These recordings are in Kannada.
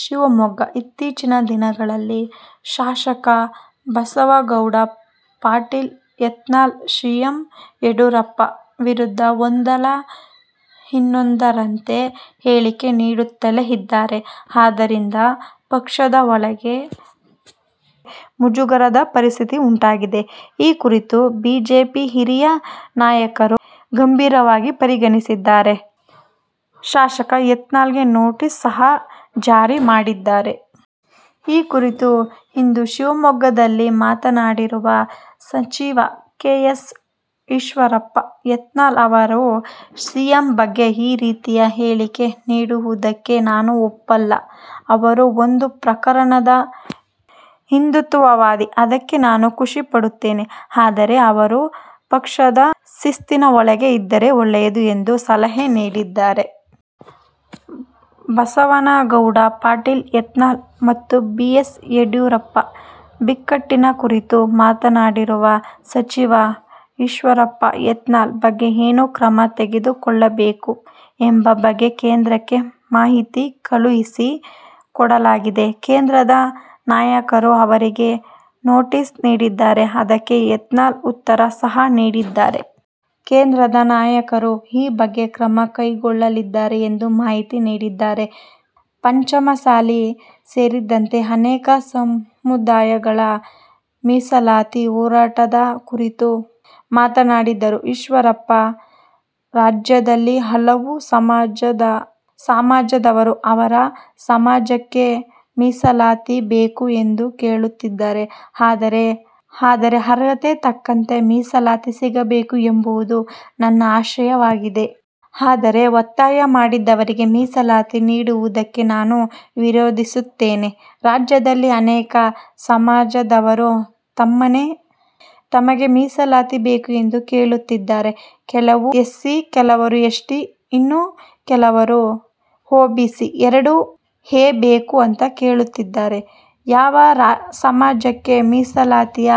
ಶಿವಮೊಗ್ಗ; ಇತ್ತೀಚಿನ ದಿನಗಳಲ್ಲಿ ಶಾಸಕ ಬಸನಗೌಡ ಪಾಟೀಲ್ ಯತ್ನಾಳ್ ಸಿಎಂ ಯಡಿಯೂರಪ್ಪ ವಿರುದ್ದ ಒಂದರ ಹಿಂದೊಂದರಂತೆ ಹೇಳಿಕೆ ನೀಡುತ್ತಲೇ ಇದ್ದಾರೆ. ಇದರಿಂದ ಪಕ್ಷದ ಒಳಗೆ ಮುಜುಗರದ ಪರಿಸ್ಥಿತಿ ಉಂಟಾಗಿದೆ. ಈ ಕುರಿತು ಬಿಜೆಪಿ ಹಿರಿಯ ನಾಯಕರು ಗಂಭೀರವಾಗಿ ಪರಿಗಣಿಸಿದ್ದಾರೆ. ಅಲ್ಲದೆ, ಶಾಸಕ ಯತ್ನಾಳ್ಗೆ ನೊಟೀಸ್ ಸಹ ಜಾರಿ ಮಾಡಿದ್ದಾರೆ. ಈ ಕುರಿತು ಇಂದು ಶಿವಮೊಗ್ಗದಲ್ಲಿ ಮಾತನಾಡಿರುವ ಸಚಿವ ಕೆ. ಎಸ್. ಈಶ್ವರಪ್ಪ, "ಯತ್ನಾಳ್ ಅವರು ಸಿಎಂ ಬಗ್ಗೆ ಈ ರೀತಿಯ ಹೇಳಿಕೆ ನೀಡುವುದಕ್ಕೆ ನಾನು ಒಪ್ಪಲ್ಲ. ಅವರು ಒಂದು ಪ್ರಕಾರದ ಹಿಂದೂತ್ವವಾದಿ ಅದಕ್ಕೆ ನಾನು ಖುಷಿ ಪಡುತ್ತೇನೆ. ಆದರೆ, ಅವರು ಪಕ್ಷದ ಶಿಸ್ತಿನ ಒಳಗೆ ಇದ್ದರೆ ಒಳ್ಳೆಯದು" ಎಂದು ಸಲಹೆ ನೀಡಿದ್ದಾರೆ. ಬಸನಗೌಡ ಪಾಟೀಲ್ ಯತ್ನಾಳ್ ಮತ್ತು ಬಿ. ಎಸ್. ಯಡಿಯೂರಪ್ಪ ಬಿಕ್ಕಟ್ಟಿನ ಕುರಿತು ಮಾತನಾಡಿರುವ ಸಚಿವ ಈಶ್ವರಪ್ಪ, "ಯತ್ನಾಳ್ ಬಗ್ಗೆ ಏನು ಕ್ರಮ ತೆಗೆದು ಕೊಳ್ಳಬೇಕು? ಎಂಬ ಬಗ್ಗೆ ಕೇಂದ್ರಕ್ಕೆ ಮಾಹಿತಿ ಕಳುಹಿಸಿ ಕೊಡಲಾಗಿದೆ. ಕೇಂದ್ರದ ನಾಯಕರು ಅವರಿಗೆ ನೋಟಿಸ್ ನೀಡಿದ್ದಾರೆ. ಅದಕ್ಕೆ ಯತ್ನಾಳ್ ಉತ್ತರ ಸಹ ನೀಡಿದ್ದಾರೆ. ಕೇಂದ್ರದ ನಾಯಕರು ಈ ಬಗ್ಗೆ ಕ್ರಮ ಕೈಗೊಳ್ಳಲಿದ್ದಾರೆ" ಎಂದು ಮಾಹಿತಿ ನೀಡಿದ್ದಾರೆ. ಪಂಚಮಸಾಲಿ ಸೇರಿದಂತೆ ಅನೇಕ ಸಮುದಾಯಗಳ ಮೀಸಲಾತಿ ಹೋರಾಟದ ಕುರಿತು ಮಾತನಾಡಿರುವ ಈಶ್ವರಪ್ಪ, "ರಾಜ್ಯದಲ್ಲಿ ಹಲವು ಸಮಾಜದವರು ಅವರ ಸಮಾಜಕ್ಕೆ ಮೀಸಲಾತಿ ಬೇಕು ಎಂದು ಕೇಳುತ್ತಿದ್ದಾರೆ. ಆದರೆ ಅರ್ಹತೆ ತಕ್ಕಂತೆ ಮೀಸಲಾತಿ ಸಿಗಬೇಕು ಎಂಬುದು ನನ್ನ ಆಶಯವಾಗಿದೆ. ಆದರೆ, ಒತ್ತಾಯ ಮಾಡಿದವರಿಗೆ ಮೀಸಲಾತಿ ನೀಡುವುದಕ್ಕೆ ನಾನು ವಿರೋಧಿಸುತ್ತೇನೆ. ರಾಜ್ಯದಲ್ಲಿ ಅನೇಕ ಸಮಾಜದವರು ತಮಗೆ ಮೀಸಲಾತಿ ಬೇಕು ಎಂದು ಕೇಳುತ್ತಿದ್ದಾರೆ. ಕೆಲವರು ಎಸ್ಸಿ, ಕೆಲವರು ಎಸ್ಟಿ, ಇನ್ನು ಕೆಲವರು ಒಬಿಸಿ, ಎರಡು ಎ ಬೇಕು ಅಂತ ಕೇಳುತ್ತಿದ್ದಾರೆ. ಯಾವ ಸಮಾಜಕ್ಕೆ ಮೀಸಲಾತಿಯ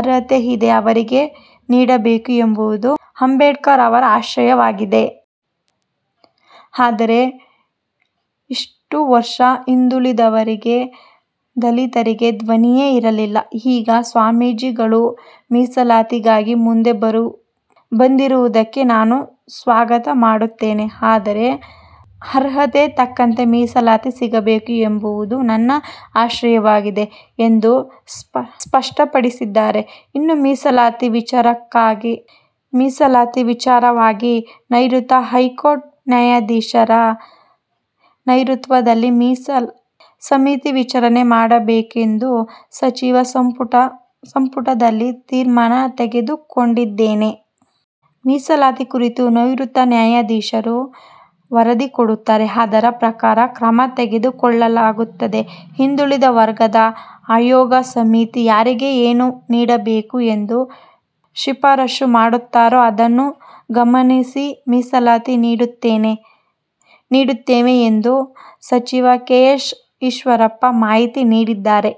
ಅರ್ಹತೆ ಇದೆ ಅವರಿಗೆ ನೀಡಬೇಕು ಎಂಬುದು ಅಂಬೇಡ್ಕರ್ ಅವರ ಆಶಯವಾಗಿದೆ. ಆದರೆ ಇಷ್ಟು ವರ್ಷ ಹಿಂದುಳಿದವರಿಗೆ ದಲಿತರಿಗೆ ಧ್ವನಿಯೇ ಇರಲಿಲ್ಲ. ಈಗ ಸ್ವಾಮೀಜಿಗಳು ಮೀಸಲಾತಿಗಾಗಿ ಮುಂದೆ ಬಂದಿರುವುದಕ್ಕೆ ನಾನು ಸ್ವಾಗತ ಮಾಡುತ್ತೇನೆ. ಆದರೆ, ಅರ್ಹತೆ ತಕ್ಕಂತೆ ಮೀಸಲಾತಿ ಸಿಗಬೇಕು ಎಂಬುದು ನನ್ನ ಆಶಯವಾಗಿದೆ" ಎಂದು ಸ್ಪಷ್ಟಪಡಿಸಿದ್ದಾರೆ. "ಇನ್ನು ಮೀಸಲಾತಿ ವಿಚಾರವಾಗಿ ನಿವೃತ್ತ ಹೈಕೋರ್ಟ್ ನ್ಯಾಯಾಧೀಶರ ನೇತೃತ್ವದಲ್ಲಿ ಸಮಿತಿ ರಚನೆ ಮಾಡಬೇಕೆಂದು ಸಚಿವ ಸಂಪುಟದಲ್ಲಿ ತೀರ್ಮಾನ ತೆಗೆದು ಕೊಂಡಿದ್ದೇವೆ. ಮೀಸಲಾತಿ ಕುರಿತು ನಿವೃತ್ತ ನ್ಯಾಯಾಧೀಶರು ವರದಿ ಕೊಡುತ್ತಾರೆ. ಅದರ ಪ್ರಕಾರ ಕ್ರಮ ತೆಗೆದು ಕೊಳ್ಳಲಾಗುತ್ತದೆ. ಹಿಂದುಳಿದ ವರ್ಗದ ಆಯೋಗ ಸಮಿತಿ ಯಾರಿಗೆ ಏನು ನೀಡಬೇಕು ಎಂದು ಶಿಫಾರಸು ಮಾಡುತ್ತಾರೋ ಅದನ್ನು ಗಮನಿಸಿ ಮೀಸಲಾತಿ ನೀಡುತ್ತೇವೆ" ಎಂದು ಸಚಿವ ಕೆ. ಎಸ್. ಈಶ್ವರಪ್ಪ ಮಾಹಿತಿ ನೀಡಿದ್ದಾರೆ.